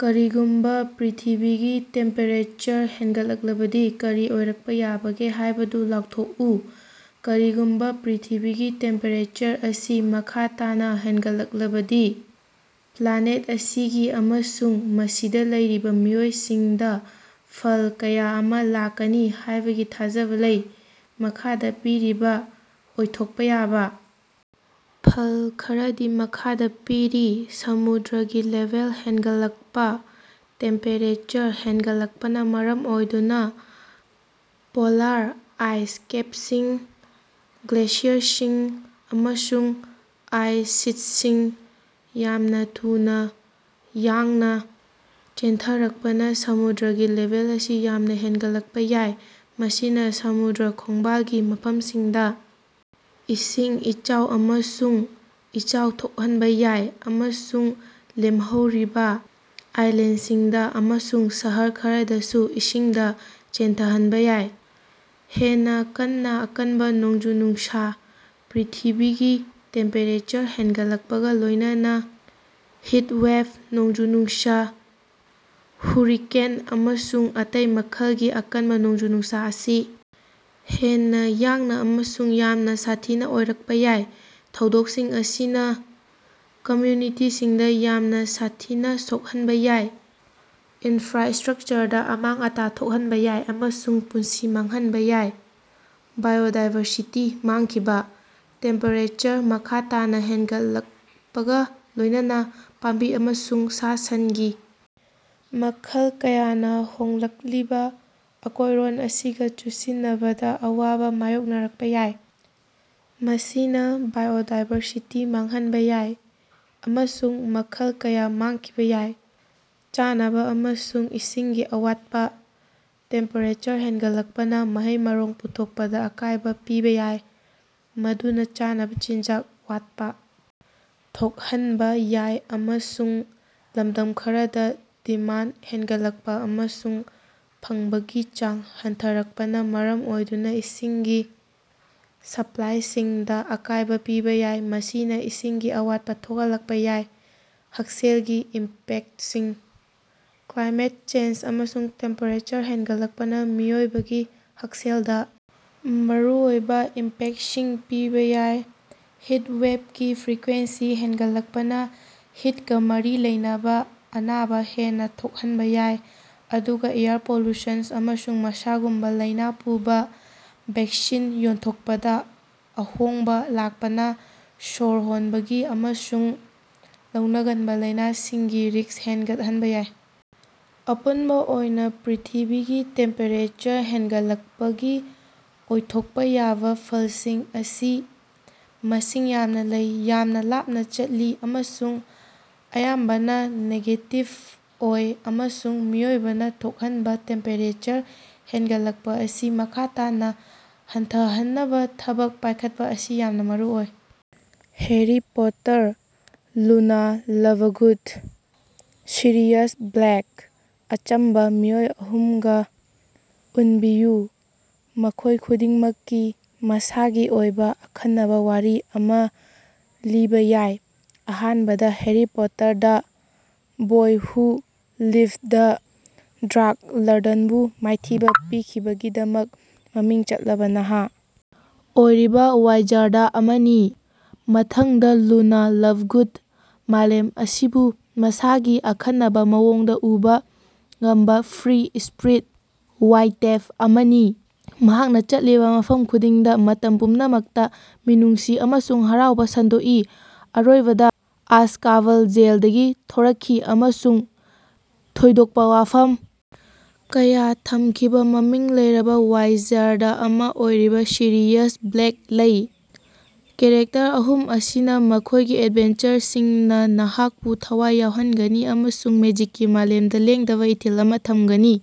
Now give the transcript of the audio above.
ꯀꯔꯤꯒꯨꯝꯕ ꯄ꯭ꯔꯤꯊꯤꯕꯤꯒꯤ ꯇꯦꯝꯄꯦꯔꯦꯆꯔ ꯍꯦꯟꯒꯠꯂꯛꯂꯕꯗꯤ ꯀꯔꯤ ꯑꯣꯏꯔꯛꯄ ꯌꯥꯕꯒꯦ ꯍꯥꯏꯕꯗꯨ ꯂꯥꯎꯊꯣꯛꯎ꯫ ꯀꯔꯤꯒꯨꯝꯕ ꯄ꯭ꯔꯤꯊꯤꯕꯤꯒꯤ ꯇꯦꯝꯄꯦꯔꯦꯆꯔ ꯑꯁꯤ ꯃꯈꯥ ꯇꯥꯅ ꯍꯦꯟꯒꯠꯂꯛꯂꯕꯗꯤ ꯄ꯭ꯂꯥꯅꯦꯠ ꯑꯁꯤꯒꯤ ꯑꯃꯁꯨꯡ ꯃꯁꯤꯗ ꯂꯩꯔꯤꯕ ꯃꯤꯑꯣꯏꯁꯤꯡꯗ ꯐꯜ ꯀꯌꯥ ꯑꯃ ꯂꯥꯛꯀꯅꯤ ꯍꯥꯏꯕꯒꯤ ꯊꯥꯖꯕꯥ ꯂꯩ꯫ ꯃꯈꯥꯗ ꯄꯤꯔꯤꯕ ꯑꯣꯏꯊꯣꯛꯄ ꯌꯥꯕ ꯐꯜ ꯈꯔꯗꯤ ꯃꯈꯥꯗ ꯄꯤꯔꯤ - ꯁꯃꯨꯗ꯭ꯔꯒꯤ ꯂꯦꯚꯦꯜ ꯍꯦꯟꯒꯠꯂꯛꯄ -ꯇꯦꯝꯄꯦꯔꯦꯆꯔ ꯍꯦꯟꯒꯠꯂꯛꯄꯅ ꯃꯔꯝ ꯑꯣꯏꯗꯨꯅ ꯄꯣꯂꯥꯔ ꯑꯥꯏꯁ ꯀꯦꯞꯁꯤꯡ, ꯒ꯭ꯂꯦꯁꯤꯌꯔꯁꯤꯡ, ꯑꯃꯁꯨꯡ ꯑꯥꯏꯁ ꯁꯤꯠꯁꯤꯡ ꯌꯥꯝꯅ ꯊꯨꯅ ꯌꯥꯡꯅ ꯆꯦꯟꯊꯔꯛꯄꯅꯥ ꯁꯃꯨꯗ꯭ꯔꯒꯤ ꯂꯦꯚꯦꯜ ꯑꯁꯤ ꯌꯥꯝꯅ ꯍꯦꯟꯒꯠꯂꯛꯄ ꯌꯥꯏ꯫ ꯃꯁꯤꯅ ꯁꯃꯨꯗ꯭ꯔ ꯈꯣꯡꯕꯥꯜꯒꯤ ꯃꯐꯝꯁꯤꯡꯗ ꯏꯁꯤꯡ ꯏꯆꯥꯎ ꯑꯃꯁꯨꯡ ꯏꯆꯥꯎ ꯊꯣꯛꯍꯟꯕ‌ ꯌꯥꯏ ꯑꯃꯁꯨꯡ ꯂꯦꯝꯍꯧꯔꯤꯕ ꯑꯥꯏꯂꯦꯟꯗꯁꯤꯡ ꯑꯃꯁꯨꯡ ꯁꯍꯔ ꯈꯔꯗꯁꯨ ꯏꯁꯤꯡꯗ ꯆꯦꯟꯊꯍꯟꯕ ꯌꯥꯏ꯫ ꯍꯦꯟꯅ‌ ꯀꯟꯅ ꯑꯀꯟꯕꯥ ꯅꯣꯡꯖꯨ-ꯅꯨꯡꯁ - ꯄ꯭ꯔꯤꯊꯤꯕꯤꯒꯤ ꯇꯦꯝꯄꯦꯔꯦꯆꯔ ꯍꯦꯟꯒꯠꯂꯛꯄꯒ ꯂꯣꯏꯅꯅꯥ ꯍꯤꯇꯋꯦꯚ, ꯅꯣꯡꯖꯨ-ꯅꯨꯡꯁꯥ, ꯍꯨꯔꯤꯀꯦꯟ ꯑꯃꯁꯨꯡ ꯑꯇꯩ ꯃꯈꯜꯒꯤ ꯑꯀꯟꯕ ꯅꯣꯡꯖꯨ-ꯅꯨꯡꯁꯥ ꯑꯁꯤ ꯍꯦꯟꯅ ꯌꯥꯡꯅ ꯑꯃꯁꯨꯡ ꯌꯥꯝꯅ ꯁꯥꯊꯤꯕ ꯑꯣꯏꯔꯛꯄ ꯌꯥꯏ꯫ ꯊꯧꯗꯣꯛꯁꯤꯡ ꯑꯁꯤꯅ ꯀꯝꯃ꯭ꯌꯨꯅꯤꯇꯤꯁꯤꯡꯗ ꯌꯥꯝꯅ ꯁꯥꯊꯤꯅ ꯁꯣꯛꯍꯟꯕ ꯌꯥꯏ, ꯏꯟꯐ꯭ꯔꯥꯁ꯭ꯇꯔꯛꯆꯔꯗꯥ ꯑꯃꯥꯡ-ꯑꯇꯥ ꯊꯣꯛꯍꯟꯕ ꯌꯥꯏ, ꯑꯃꯁꯨꯡ ꯄꯨꯟꯁꯤ ꯃꯥꯡꯍꯟꯕ ꯌꯥꯏ꯫ ꯕꯥꯏꯑꯣꯗꯥꯏꯕꯔꯁꯤꯇꯤ ꯃꯥꯡꯈꯤꯕ - ꯇꯦꯝꯄꯦꯔꯦꯆꯔ ꯃꯈꯥ ꯇꯥꯅꯥ ꯍꯦꯟꯒꯠꯂꯛꯄꯒꯥ ꯂꯣꯏꯅꯅꯥ, ꯄꯥꯝꯕꯤ ꯑꯃꯁꯨꯡ ꯁꯥ-ꯁꯟꯒꯤ ꯃꯈꯜ ꯀꯌꯥꯅ ꯍꯣꯡꯂꯛꯂꯤꯕ ꯑꯀꯣꯏꯔꯣꯟ ꯑꯁꯤꯒ ꯆꯨꯁꯤꯟꯅꯕꯗꯥ ꯑꯋꯥꯕ ꯃꯥꯌꯣꯛꯅꯔꯛꯄ ꯌꯥꯏ꯫ ꯃꯁꯤꯅ ꯕꯥꯏꯑꯣꯗꯥꯏꯕꯔꯁꯤꯇꯤ ꯃꯥꯡꯍꯟꯕ ꯌꯥꯏ, ꯑꯃꯁꯨꯡ ꯃꯈꯜ ꯀꯌꯥ ꯃꯥꯡꯈꯤꯕ ꯌꯥꯏ꯫ ꯆꯥꯅꯕꯥ ꯑꯃꯁꯨꯡ ꯏꯁꯤꯡꯒꯤ ꯑꯋꯥꯠꯄ - ꯇꯦꯝꯄꯦꯔꯦꯆꯔ ꯍꯦꯟꯒꯠꯂꯛꯄꯅꯥ ꯃꯍꯩ-ꯃꯔꯣꯡ ꯄꯨꯊꯣꯠꯄꯗꯥ ꯑꯀꯥꯏꯕ ꯄꯤꯕ‌ꯌꯥꯏ, ꯃꯗꯨꯅ ꯆꯥꯅꯕꯥ ꯆꯤꯟꯖꯥꯛ ꯋꯥꯠꯄꯥ ꯊꯣꯛꯍꯟꯕ ꯌꯥꯏ꯫ ꯑꯃꯁꯨꯡ, ꯂꯝꯗꯝ ꯈꯔꯗꯥ, ꯗꯤꯃꯥꯟꯗ ꯍꯦꯟꯒꯠꯂꯛꯄ ꯑꯃꯁꯨꯡ ꯐꯪꯕꯒꯤ ꯆꯥꯡ ꯍꯟꯊꯔꯛꯄꯅꯥ ꯃꯔꯝ ꯑꯣꯏꯗꯨꯅ ꯏꯁꯤꯡꯒꯤ ꯁꯄ꯭ꯂꯥꯏꯁꯤꯡꯗ ꯑꯀꯥꯏꯕ‌ ꯄꯤꯕ ꯌꯥꯏ, ꯃꯁꯤꯅ ꯏꯁꯤꯡꯒꯤ ꯑꯋꯥꯠꯄ ꯊꯣꯛꯍꯜꯂꯛꯄ ꯌꯥꯏ꯫ ꯍꯛꯁꯦꯜꯒꯤ ꯏꯝꯄꯦꯛꯇꯁꯤꯡ - ꯀ꯭ꯂꯥꯏꯃꯦꯠ ꯆꯦꯟꯖ ꯑꯃꯁꯨꯡ ꯇꯦꯝꯄꯦꯔꯦꯆꯔ ꯍꯦꯟꯒꯠꯂꯛꯄꯅꯥ ꯃꯤꯑꯣꯏꯕꯒꯤ ꯍꯛꯁꯦꯜꯗ ꯃꯔꯨꯑꯣꯏꯕ ꯏꯝꯄꯦꯛꯇꯁꯤꯡ ꯄꯤꯕ ꯌꯥꯏ꯫ ꯍꯤꯠꯋꯦꯕꯀꯤ ꯐ꯭ꯔꯤꯀ꯭ꯋꯦꯟꯁꯤ ꯍꯦꯟꯒꯠꯂꯛꯄꯅꯥ ꯍꯤꯠꯀꯥ ꯃꯔꯤ ꯂꯩꯅꯕꯥ ꯑꯅꯥꯕ ꯍꯦꯟꯅ ꯊꯣꯛꯍꯟꯕ ꯌꯥꯏ, ꯑꯗꯨꯒ ꯑꯦꯌꯔ ꯄꯣꯂꯨꯁꯟ ꯑꯃꯁꯨꯡ ꯃꯁꯥꯒꯨꯝꯕ ꯂꯥꯏꯅꯥ ꯄꯨꯕ ꯚꯦꯛꯁꯤꯟ ꯌꯦꯟꯊꯣꯛꯄꯗꯥ ꯑꯍꯣꯡꯕ ꯂꯥꯛꯄꯅꯥ ꯁꯣꯔ ꯍꯣꯟꯕꯒꯤ ꯑꯃꯁꯨꯡ ꯂꯧꯅꯒꯟꯕ ꯂꯥꯏꯅꯥꯁꯤꯡꯒꯤ ꯔꯤꯁ꯭ꯛ ꯍꯦꯟꯒꯠꯍꯟꯕꯥ ꯌꯥꯏ꯫ ꯑꯄꯨꯟꯕ ꯑꯣꯏꯅ, ꯄ꯭ꯔꯤꯊꯤꯕꯤꯒꯤ ꯇꯦꯝꯄꯦꯔꯦꯆꯔ ꯍꯦꯟꯒꯠꯂꯛꯄꯒꯤ ꯑꯣꯏꯊꯣꯛꯄ ꯌꯥꯕ ꯐꯜꯁꯤꯡ ꯑꯁꯤ ꯃꯁꯤꯡ ꯌꯥꯝꯅ ꯂꯩ, ꯌꯥꯝꯅ ꯂꯥꯞꯅ ꯆꯠꯂꯤ ꯑꯃꯁꯨꯡ ꯑꯌꯥꯝꯕꯅꯥ ꯅꯦꯒꯦꯇꯤꯕ ꯑꯣꯏ, ꯑꯃꯁꯨꯡ ꯃꯤꯑꯣꯏꯕꯅꯥ ꯊꯣꯛꯍꯟꯕ ꯇꯦꯝꯄꯦꯔꯦꯆꯔ ꯍꯦꯟꯒꯠꯂꯛꯄꯥ ꯑꯁꯤ ꯃꯈꯥ ꯇꯥꯅꯥ ꯍꯟꯊꯍꯟꯅꯕꯥ ꯊꯕꯛ ꯄꯥꯏꯈꯠꯄꯥ ꯑꯁꯤ ꯌꯥꯝꯅ ꯃꯔꯨꯑꯣꯏ꯫ Harry Potter, Luna Lovegood, Sirius Black. ꯑꯆꯝꯕ ꯃꯤꯑꯣꯏ ꯑꯍꯨꯝꯒ ꯎꯟꯕꯤꯌꯨ, ꯃꯈꯣꯏ ꯈꯨꯗꯤꯡꯃꯛꯀꯤ ꯃꯁꯥꯒꯤ ꯑꯣꯏꯕ ꯑꯈꯟꯅꯕꯥ ꯋꯥꯔꯤ ꯑꯃꯥ ꯂꯤꯕꯥ ꯌꯥꯏ꯫ ꯑꯍꯥꯟꯕꯗꯥ, ꯍꯦꯔꯤ ꯄꯣꯇꯔ ꯗ ꯕꯣꯏ ꯍꯨ ꯂꯤꯚꯗ, ꯗꯥ꯭ꯔꯛ ꯂꯔꯗꯟꯕꯨ ꯃꯥꯏꯊꯤꯕ ꯄꯤꯈꯤꯕꯒꯤꯗꯃꯛ ꯃꯃꯤꯡ ꯆꯠꯂꯕꯥ ꯅꯍꯥ ꯑꯣꯏꯔꯤꯕ ꯋꯥꯏꯖꯥꯔꯗ ꯑꯃꯅꯤ꯫ ꯃꯊꯪꯗ ꯂꯨꯅꯥ ꯂ꯭ꯚꯒꯨꯗ, ꯃꯥꯂꯦꯝ ꯑꯁꯤꯕꯨ ꯃꯁꯥꯒꯤ ꯑꯈꯟꯅꯕꯥ ꯃꯑꯣꯡꯗ ꯎꯕꯥ ꯉꯝꯕ ꯐ꯭ꯔꯤ-ꯁ꯭ꯄꯤꯔꯤꯠ ꯋꯥꯏꯇꯦꯞ ꯑꯃꯅꯤ, ꯃꯍꯥꯛꯅ ꯆꯠꯂꯤꯕ ꯃꯐꯝ ꯈꯨꯗꯤꯡꯗ ꯃꯇꯝ ꯄꯨꯝꯅꯃꯛꯇ ꯃꯤꯅꯨꯡꯁꯤ ꯑꯃꯁꯨꯡ ꯍꯔꯥꯎꯕꯥ ꯁꯟꯗꯣꯛꯏ꯫ ꯑꯔꯣꯏꯕꯗꯥ, ꯑꯖꯀꯥꯕꯟ ꯖꯦꯜꯗꯒꯤ ꯊꯣꯔꯛꯈꯤꯕ‌ ꯑꯃꯁꯨꯡ ꯊꯣꯏꯗꯣꯛꯄ ꯋꯥꯐꯝ ꯀꯌꯥ ꯊꯝꯈꯤꯕ ꯃꯃꯤꯡ ꯂꯩꯔꯕꯥ ꯋꯥꯏꯖꯥꯔꯗ ꯑꯃ ꯑꯣꯏꯔꯤꯕ ꯁꯤꯔꯤꯌꯁ ꯕ꯭ꯂꯦꯛ ꯂꯩ꯫ ꯀꯦꯔꯦꯛꯇꯔ ꯑꯍꯨꯝ ꯑꯁꯤꯅ ꯃꯈꯣꯏꯒꯤ ꯑꯦꯗꯚꯦꯟꯆꯔꯁꯤꯡꯅ ꯅꯍꯥꯛꯄꯨ ꯊꯋꯥꯏ ꯌꯥꯎꯍꯟꯒꯅꯤ ꯑꯃꯁꯨꯡ ꯃꯦꯖꯤꯛꯀꯤ ꯃꯥꯂꯦꯝꯗ ꯂꯦꯡꯗꯕꯥ ꯏꯊꯤꯜ ꯑꯃꯥ ꯊꯝꯒꯅꯤ꯫